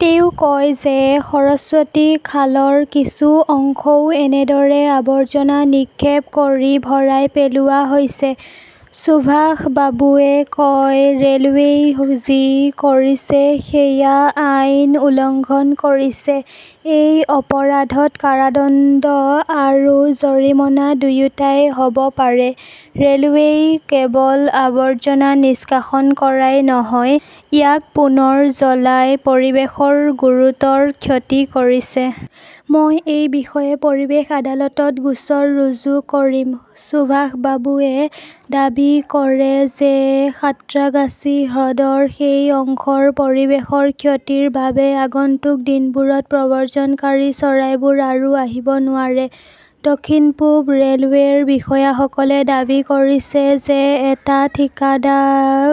তেওঁ কয় যে সৰস্বতী খালৰ কিছু অংশও এনেদৰে আবৰ্জনা নিক্ষেপ কৰি ভৰাই পেলোৱা হৈছে। সুভাষ বাবুৱে কয়, ৰেলৱেই যি কৰিছে সেইয়া আইন উলংঘন কৰিছে। এই অপৰাধত কাৰাদণ্ড আৰু জৰিমনা দুয়োটাই হব পাৰে। ৰেলৱেই কেৱল আৱৰ্জনা নিষ্কাশন কৰাই নহয়, ইয়াক পুনৰ জ্বলাই পৰিৱেশৰ গুৰুতৰ ক্ষতি কৰিছে। মই এই বিষয়ে পৰিৱেশ আদালতত গোচৰ ৰুজু কৰিম। সুভাষ বাবুৱে দাবী কৰে যে সাঁত্ৰাগাছী হ্ৰদৰ সেই অংশৰ পৰিৱেশৰ ক্ষতিৰ বাবে আগন্তুক দিনবোৰত প্ৰব্ৰজনকাৰী চৰাইবোৰ আৰু আহিব নোৱাৰে। দক্ষিণ-পূব ৰেলৱেৰ বিষয়াসকলে দাবী কৰিছে যে এটা ঠিকাদাৰ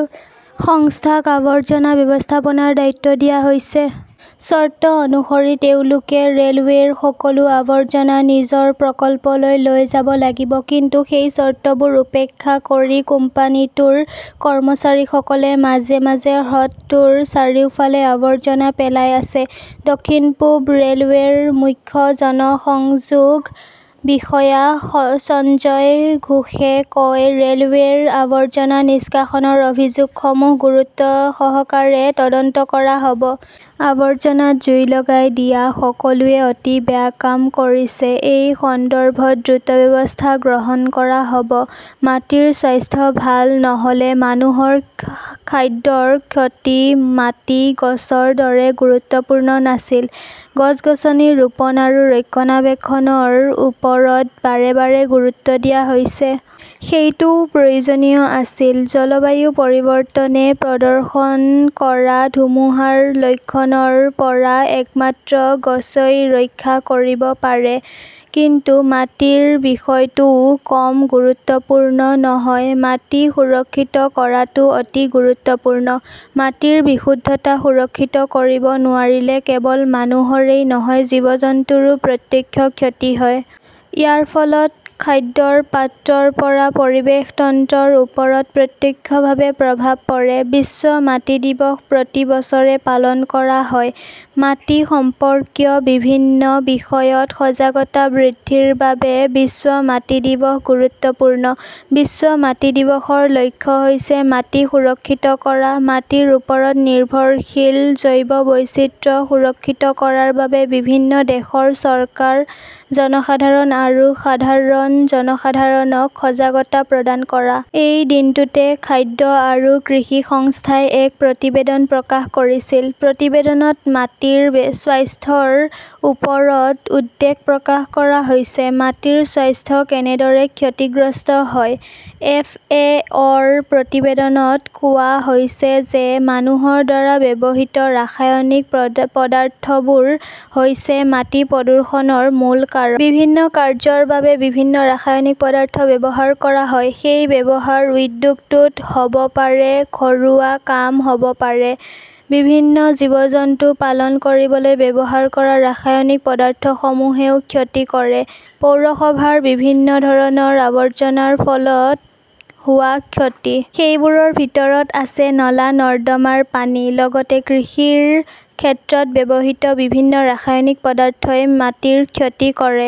সংস্থাক আৱৰ্জনা ব্যৱস্থাপনাৰ দায়িত্ব দিয়া হৈছে। চৰ্ত অনুসৰি, তেওঁলোকে ৰেলৱেৰ সকলো আৱৰ্জনা নিজৰ প্ৰকল্পলৈ লৈ যাব লাগিব। কিন্তু সেই চৰ্তবোৰ উপেক্ষা কৰি কোম্পানীটোৰ কৰ্মচাৰীসকলে মাজে-মাজে হ্ৰদটোৰ চাৰিওফালে আৱৰ্জনা পেলাই আছে। দক্ষিণ-পূব ৰেলৱেৰ মুখ্য জনসংযোগ বিষয়া সঞ্জয় ঘোষে কয়, ৰেলৱেৰ আৱৰ্জনা নিষ্কাশনৰ অভিযোগসমূহ গুৰুত্বসহকাৰে তদন্ত কৰা হব। আৱৰ্জনাত জুই লগাই দিয়া সকলোৱে অতি বেয়া কাম কৰিছে। এই সন্দৰ্ভত দ্ৰুত ব্যৱস্থা গ্ৰহণ কৰা হব। মাটিৰ স্বাস্থ্য ভাল নহলে মানুহৰ খাদ্যৰ ক্ষতি মাটি গছৰ দৰে গুৰুত্বপূৰ্ণ নাছিল। গছ-গছনি ৰোপণ আৰু ৰক্ষণাবেক্ষণৰ ওপৰত বাৰে বাৰে গুৰুত্ব দিয়া হৈছে। সেইটোও প্ৰয়োজনীয় আছিল। জলবায়ু পৰিৱৰ্তনে প্ৰদৰ্শন কৰা ধুমুহাৰ লক্ষণৰ পৰা একমাত্ৰ গছই ৰক্ষা কৰিব পাৰে। কিন্তু মাটিৰ বিষয়টোও কম গুৰুত্বপূৰ্ণ নহয়। মাটি সুৰক্ষিত কৰাটো অতি গুৰুত্বপূৰ্ণ। মাটিৰ বিশুদ্ধতা সুৰক্ষিত কৰিব নোৱাৰিলে কেৱল মানুহৰেই নহয়, জীৱ-জন্তুৰো প্ৰত্যক্ষ ক্ষতি হয়। ইয়াৰ ফলত খাদ্যৰ পাত্ৰৰ পৰা পৰিৱেশ তন্ত্ৰৰ ওপৰত প্ৰত্যক্ষভাৱে প্ৰভাৱ পৰে। 'বিশ্ব মাটি দিৱস'প্ৰতি বছৰে পালন কৰা হয়। মাটি সম্পৰ্কীয় বিভিন্ন বিষয়ত সজাগতা বৃদ্ধিৰ বাবে 'বিশ্ব মাটি দিৱস'গুৰুত্বপূৰ্ণ।'বিশ্ব মাটি দিৱস'ৰ লক্ষ্য হৈছে মাটি সুৰক্ষিত কৰা, মাটিৰ ওপৰত নিৰ্ভৰশীল জৈৱ বৈচিত্ৰ্য সুৰক্ষিত কৰাৰ বাবে বিভিন্ন দেশৰ চৰকাৰ, জনসাধাৰণ আৰু সাধাৰণ জনসাধাৰণক সজাগতা প্ৰদান কৰা। এই দিনটোতে খাদ্য আৰু কৃষি সংস্থাই এক প্ৰতিবেদন প্ৰকাশ কৰিছিল। প্ৰতিবেদনত মাটিৰ স্বাস্থ্যৰ ওপৰত উদ্বেগ প্ৰকাশ কৰা হৈছে। মাটিৰ স্বাস্থ্য কেনেদৰে ক্ষতিগ্ৰস্ত হয়? এফ. এ. অ -ৰ প্ৰতিবেদনত কোৱা হৈছে যে মানুহৰ দ্বাৰা ব্যৱহৃত ৰাসায়নিক পদাৰ্থবোৰ হৈছে মাটি প্ৰদূষণৰ মূল কাৰক। বিভিন্ন কাৰ্য্যৰ বাবে বিভিন্ন ৰাসায়নিক পদাৰ্থ ব্যৱহাৰ কৰা হয়। সেই ব্যৱহাৰ উদ্যোগটোত হ 'ব পাৰে, ঘৰুৱা কাম হ ব পাৰে। বিভিন্ন জীৱ-জন্তু পালন কৰিবলৈ ব্যৱহাৰ কৰা ৰাসায়নিক পদাৰ্থসমূহেও ক্ষতি কৰে। পৌৰসভাৰ বিভিন্ন ধৰণৰ আৱৰ্জনাৰ ফলত হোৱা ক্ষতি। সেইবোৰৰ ভিতৰত আছে নলা-নৰ্দমাৰ পানী। লগতে কৃষিৰ ক্ষেত্ৰত ব্যৱহৃত বিভিন্ন ৰাসায়নিক পদাৰ্থই মাটিৰ ক্ষতি কৰে।